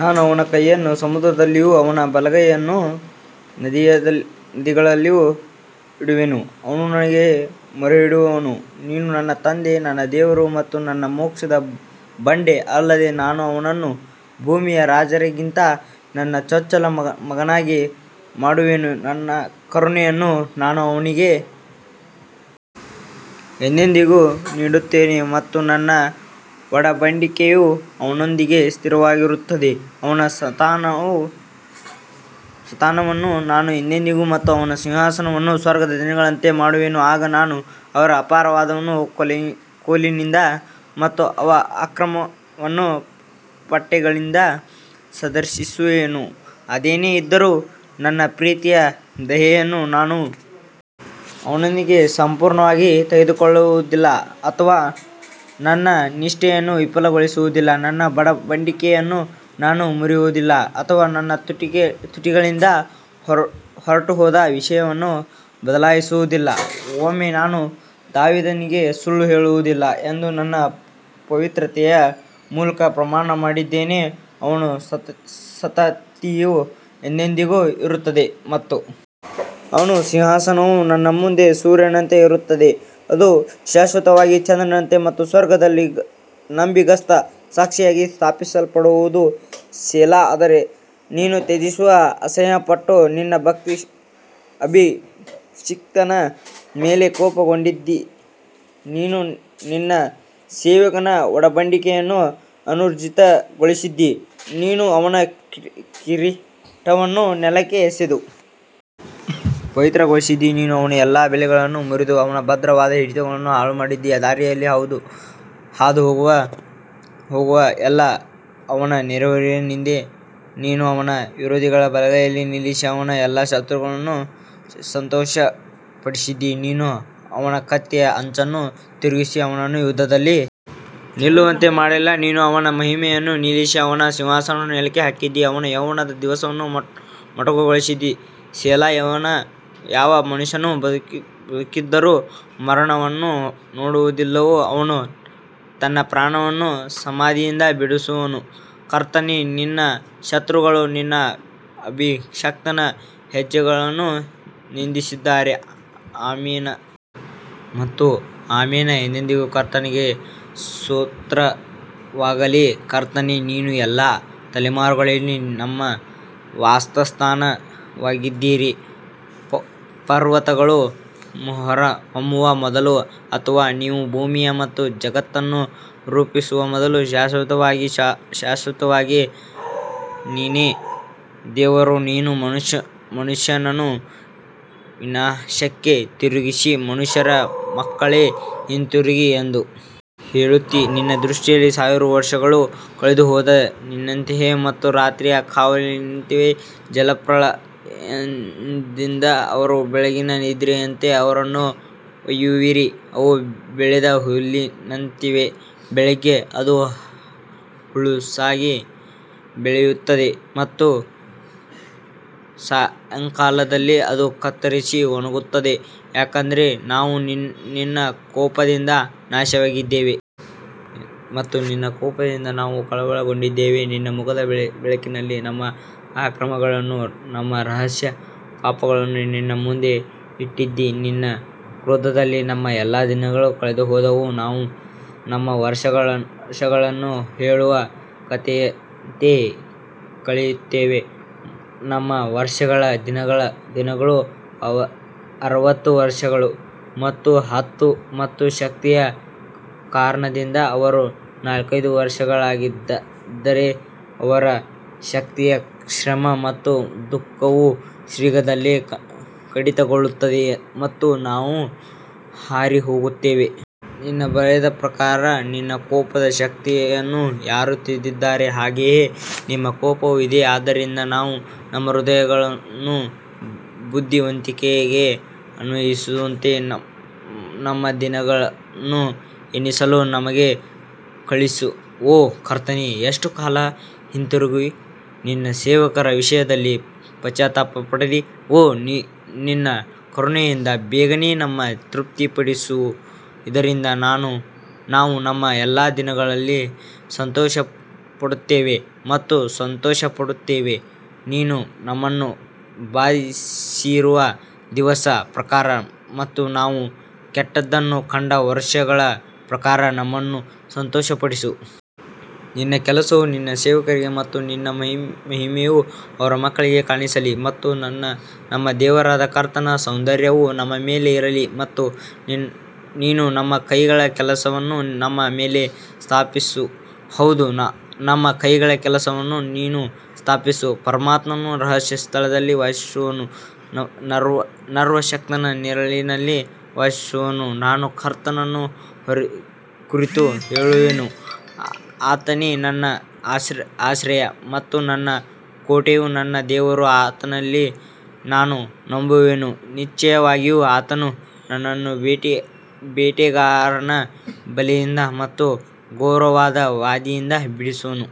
ನಾನು ಅವನ ಕೈಯನ್ನು ಸಮುದ್ರದಲ್ಲಿಯೂ ಅವನ ಬಲಗೈಯನ್ನು ನದಿಗಳಲ್ಲಿಯೂ ಇಡುವೆನು ಅವನು ನನಗೆ ಮೊರೆಯಿಡುವನು, ನೀನು ನನ್ನ ತಂದೆ ನನ್ನ ದೇವರು ಮತ್ತು ನನ್ನ ಮೋಕ್ಷದ ಬಂಡೆ ಅಲ್ಲದೆ ನಾನು ಅವನನ್ನು ಭೂಮಿಯ ರಾಜರಿಗಿಂತ ನನ್ನ ಚೊಚ್ಚಲ ಮಗನಾಗಿ ಮಾಡುವೆನು ನನ್ನ ಕರುಣೆಯನ್ನು ನಾನು ಅವನಿಗೆ ಎಂದೆಂದಿಗೂ ಇಡುತ್ತೇನೆ ಮತ್ತು ನನ್ನ ಒಡಂಬಡಿಕೆಯು ಅವನೊಂದಿಗೆ ಸ್ಥಿರವಾಗಿರುತ್ತದೆ ಅವನ ಸಂತಾನವನ್ನು ನಾನು ಎಂದೆಂದಿಗೂ ಮತ್ತು ಅವನ ಸಿಂಹಾಸನವನ್ನು ಸ್ವರ್ಗದ ದಿನಗಳಂತೆ ಮಾಡುವೆನು ಆಗ ನಾನು ಅವರ ಅಪರಾಧವನ್ನು ಕೋಲಿನಿಂದ ಮತ್ತು ಅವರ ಅಕ್ರಮವನ್ನು ಪಟ್ಟೆಗಳಿಂದ ಸಂದರ್ಶಿಸುವೆನು ಅದೇನೇ ಇದ್ದರೂ, ನನ್ನ ಪ್ರೀತಿಯ ದಯೆಯನ್ನು ನಾನು ಅವನಿಂದ ಸಂಪೂರ್ಣವಾಗಿ ತೆಗೆದುಕೊಳ್ಳುವುದಿಲ್ಲ ಅಥವಾ ನನ್ನ ನಿಷ್ಠೆಯನ್ನು ವಿಫಲಗೊಳಿಸುವುದಿಲ್ಲ ನನ್ನ ಒಡಂಬಡಿಕೆಯನ್ನು ನಾನು ಮುರಿಯುವುದಿಲ್ಲ ಅಥವಾ ನನ್ನ ತುಟಿಗಳಿಂದ ಹೊರಟುಹೋದ ವಿಷಯವನ್ನು ಬದಲಾಯಿಸುವುದಿಲ್ಲ ಒಮ್ಮೆ ನಾನು ದಾವೀದನಿಗೆ ಸುಳ್ಳು ಹೇಳುವುದಿಲ್ಲ ಎಂದು ನನ್ನ ಪವಿತ್ರತೆಯ ಮೂಲಕ ಪ್ರಮಾಣ ಮಾಡಿದ್ದೇನೆ ಅವನ ಸಂತತಿಯು ಎಂದೆಂದಿಗೂ ಇರುತ್ತದೆ ಮತ್ತು ಅವನ ಸಿಂಹಾಸನವು ನನ್ನ ಮುಂದೆ ಸೂರ್ಯನಂತೆ ಇರುತ್ತದೆ ಅದು ಶಾಶ್ವತವಾಗಿ ಚಂದ್ರನಂತೆ ಮತ್ತು ಸ್ವರ್ಗದಲ್ಲಿ ನಂಬಿಗಸ್ತ ಸಾಕ್ಷಿಯಾಗಿ ಸ್ಥಾಪಿಸಲ್ಪಡುವುದು ಸೆಲಾ ಆದರೆ ನೀನು ತ್ಯಜಿಸಿ ಅಸಹ್ಯಪಟ್ಟು ನಿನ್ನ ಅಭಿಷಿಕ್ತನ ಮೇಲೆ ಕೋಪಗೊಂಡಿದ್ದೀ ನೀನು ನಿನ್ನ ಸೇವಕನ ಒಡಂಬಡಿಕೆಯನ್ನು ಅನೂರ್ಜಿತಗೊಳಿಸಿದ್ದೀ, ನೀನು ಅವನ ಕಿರೀಟವನ್ನು ನೆಲಕ್ಕೆ ಎಸೆದು ಅಪವಿತ್ರಗೊಳಿಸಿದ್ದೀ ನೀನು ಅವನ ಎಲ್ಲಾ ಬೇಲಿಗಳನ್ನು ಮುರಿದು ಅವನ ಭದ್ರವಾದ ಹಿಡಿತಗಳನ್ನು ಹಾಳುಮಾಡಿದ್ದೀ ದಾರಿಯಲ್ಲಿ ಹಾದು ಹೋಗುವ ಎಲ್ಲವೂ ಅವನ ನೆರೆಹೊರೆಯವರಿಗೆ ನಿಂದೆ ನೀನು ಅವನ ವಿರೋಧಿಗಳ ಬಲಗೈಯನ್ನು ನಿಲ್ಲಿಸಿ ಅವನ ಎಲ್ಲಾ ಶತ್ರುಗಳನ್ನು ಸಂತೋಷಪಡಿಸಿದ್ದೀ ನೀನು ಅವನ ಕತ್ತಿಯ ಅಂಚನ್ನು ತಿರುಗಿಸಿ ಅವನನ್ನು ಯುದ್ಧದಲ್ಲಿ ನಿಲ್ಲುವಂತೆ ಮಾಡಲಿಲ್ಲ ನೀನು ಅವನ ಮಹಿಮೆಯನ್ನು ನಿಲ್ಲಿಸಿ ಅವನ ಸಿಂಹಾಸನವನ್ನು ನೆಲಕ್ಕೆ ಹಾಕಿದ್ದೀ ಅವನ ಯೌವನದ ದಿವಸಗಳನ್ನು ಮೊಟಕುಗೊಳಿಸಿದ್ದೀ ಸೆಲಾ ಯಾವ ಮನುಷ್ಯನು ಬದುಕಿದ್ದರೂ ಮರಣವನ್ನು ನೋಡುವುದಿಲ್ಲವೋ ಅವನು ತನ್ನ ಪ್ರಾಣವನ್ನು ಸಮಾಧಿಯಿಂದ ಬಿಡಿಸುವನು ಕರ್ತನೇ ನಿನ್ನ ಶತ್ರುಗಳು ನಿನ್ನ ಅಭಿಷಕ್ತನ ಹೆಜ್ಜೆಗಳನ್ನು ನಿಂದಿಸಿದ್ದಾರೆ ಆಮೆನ್ ಮತ್ತು ಆಮೆನ್ ಎಂದೆಂದಿಗೂ ಕರ್ತನಿಗೆ ಸ್ತೋತ್ರವಾಗಲಿ ಕರ್ತನೇ, ನೀವು ಎಲ್ಲಾ ತಲೆಮಾರುಗಳಲ್ಲಿ ನಮ್ಮ ವಾಸಸ್ಥಾನವಾಗಿದ್ದೀರಿ ಪರ್ವತಗಳು ಹೊರಹೊಮ್ಮುವ ಮೊದಲು ಅಥವಾ ನೀವು ಭೂಮಿ ಮತ್ತು ಜಗತ್ತನ್ನು ರೂಪಿಸುವ ಮೊದಲು ಶಾಶ್ವತವಾಗಿ ಶಾಶ್ವತವಾಗಿ ನೀನೇ ದೇವರು ನೀನು ಮನುಷ್ಯನನ್ನು ವಿನಾಶಕ್ಕೆ ತಿರುಗಿಸಿ ಮನುಷ್ಯರ ಮಕ್ಕಳೇ ಹಿಂತಿರುಗಿ ಎಂದು ಹೇಳುತ್ತೀ ನಿನ್ನ ದೃಷ್ಟಿಯಲ್ಲಿ ಸಾವಿರ ವರ್ಷಗಳು ಕಳೆದುಹೋದ ನಿನ್ನೆಯಂತೆಯೇ ಮತ್ತು ರಾತ್ರಿಯ ಕಾವಲಿನಂತಿವೆ ಜಲಪ್ರಳಯದಿಂದ ಅವರು ಬೆಳಗಿನ ನಿದ್ರೆಯಂತೆ ಅವರನ್ನು ಒಯ್ಯುವಿರಿ, ಅವು ಬೆಳೆದ ಹುಲ್ಲಿನಂತಿವೆ ಬೆಳಿಗ್ಗೆ ಅದು ಹುಲುಸಾಗಿ ಬೆಳೆಯುತ್ತದೆ ಮತ್ತು ಸಾಯಂಕಾಲದಲ್ಲಿ ಅದು ಕತ್ತರಿಸಿ ಒಣಗುತ್ತದೆ ಯಾಕಂದರೆ ನಾವು ನಿನ್ನ ಕೋಪದಿಂದ ನಾಶವಾಗಿದ್ದೇವೆ ಮತ್ತು ನಿನ್ನ ಕೋಪದಿಂದ ನಾವು ಕಳವಳಗೊಂಡಿದ್ದೇವೆ ನಿನ್ನ ಮುಖದ ಬೆಳಕಿನಲ್ಲಿ ನಮ್ಮ ಅಕ್ರಮಗಳನ್ನು ನಮ್ಮ ರಹಸ್ಯ ಪಾಪಗಳನ್ನು ನಿನ್ನ ಮುಂದೆ ಇಟ್ಟಿದ್ದೀ ನಿನ್ನ ಕ್ರೋಧದಲ್ಲಿ ನಮ್ಮ ಎಲ್ಲಾ ದಿನಗಳು ಕಳೆದುಹೋದವು, ನಾವು ನಮ್ಮ ವರ್ಷಗಳನ್ನು ಹೇಳುವ ಕಥೆಯಂತೆ ಕಳೆಯುತ್ತೇವೆ ನಮ್ಮ ವರ್ಷಗಳ ದಿನಗಳು ಅರವತ್ತು ವರ್ಷಗಳು ಮತ್ತು ಹತ್ತು ಮತ್ತು ಶಕ್ತಿಯ ಕಾರಣದಿಂದ ಅವರು ನಾಲ್ಕೈದು ವರ್ಷಗಳಾಗಿದ್ದರೆ ಅವರ ಶಕ್ತಿಯ ಶ್ರಮ ಮತ್ತು ದುಃಖವು ಶೀಘ್ರದಲ್ಲೇ ಕಡಿತಗೊಳ್ಳುತ್ತದೆ ಮತ್ತು ನಾವು ಹಾರಿಹೋಗುತ್ತೇವೆ. ನಿನ್ನ ಭಯದ ಪ್ರಕಾರ ನಿನ್ನ ಕೋಪದ ಶಕ್ತಿಯನ್ನು ಯಾರು ತಿಳಿದಿದ್ದಾರೆ, ಹಾಗೆಯೇ ನಿಮ್ಮ ಕೋಪವೂ ಇದೆ ಆದ್ದರಿಂದ ನಾವು ನಮ್ಮ ಹೃದಯಗಳನ್ನು ಬುದ್ಧಿವಂತಿಕೆಗೆ ಅನ್ವಯಿಸುವಂತೆ ನಮ್ಮ ದಿನಗಳನ್ನು ಎಣಿಸಲು ನಮಗೆ ಕಲಿಸು ಓ ಕರ್ತನೇ ಎಷ್ಟು ಕಾಲ ಹಿಂತಿರುಗಿ ನಿನ್ನ ಸೇವಕರ ವಿಷಯದಲ್ಲಿ ಪಶ್ಚಾತ್ತಾಪ ಪಡಲಿ ಓ ನಿನ್ನ ಕರುಣೆಯಿಂದ ಬೇಗನೆ ನಮ್ಮನ್ನು ತೃಪ್ತಿಪಡಿಸು, ಇದರಿಂದ ನಾವು ನಮ್ಮ ಎಲ್ಲಾ ದಿನಗಳಲ್ಲಿ ಸಂತೋಷಪಡುತ್ತೇವೆ ಮತ್ತು ಸಂತೋಷಪಡುತ್ತೇವೆ ನೀನು ನಮ್ಮನ್ನು ಬಾಧಿಸಿರುವ ದಿವಸಗಳ ಪ್ರಕಾರ ಮತ್ತು ನಾವು ಕೆಟ್ಟದ್ದನ್ನು ಕಂಡ ವರುಷಗಳ ಪ್ರಕಾರ ನಮ್ಮನ್ನು ಸಂತೋಷಪಡಿಸು. ನಿನ್ನ ಕೆಲಸವು ನಿನ್ನ ಸೇವಕರಿಗೆ ಮತ್ತು ನಿನ್ನ ಮಹಿಮೆಯು ಅವರ ಮಕ್ಕಳಿಗೆ ಕಾಣಿಸಲಿ ಮತ್ತು ನಮ್ಮ ದೇವರಾದ ಕರ್ತನ ಸೌಂದರ್ಯವು ನಮ್ಮ ಮೇಲೆ ಇರಲಿ ಮತ್ತು ನೀನು ನಮ್ಮ ಕೈಗಳ ಕೆಲಸವನ್ನು ನಮ್ಮ ಮೇಲೆ ಸ್ಥಾಪಿಸು, ಹೌದು ನಮ್ಮ ಕೈಗಳ ಕೆಲಸವನ್ನು ನೀನು ಸ್ಥಾಪಿಸು ಪರಮಾತ್ಮನ ರಹಸ್ಯ ಸ್ಥಳದಲ್ಲಿ ವಾಸಿಸುವವನು ಸರ್ವಶಕ್ತನ ನೆರಳಿನಲ್ಲಿ ವಾಸಿಸುವನು ನಾನು ಕರ್ತನನ್ನು ಕುರಿತು ಹೇಳುವೆನು ಆತನೇ ನನ್ನ ಆಶ್ರಯ ಮತ್ತು ನನ್ನ ಕೋಟೆಯು ನನ್ನ ದೇವರು ಆತನಲ್ಲಿ ನಾನು ನಂಬುವೆನು ನಿಶ್ಚಯವಾಗಿಯೂ ಆತನು ನಿನ್ನನ್ನು ಬೇಟೆಗಾರನ ಬಲೆಯಿಂದ ಮತ್ತು ಘೋರವಾದ ವ್ಯಾಧಿಯಿಂದ ಬಿಡಿಸುವನು.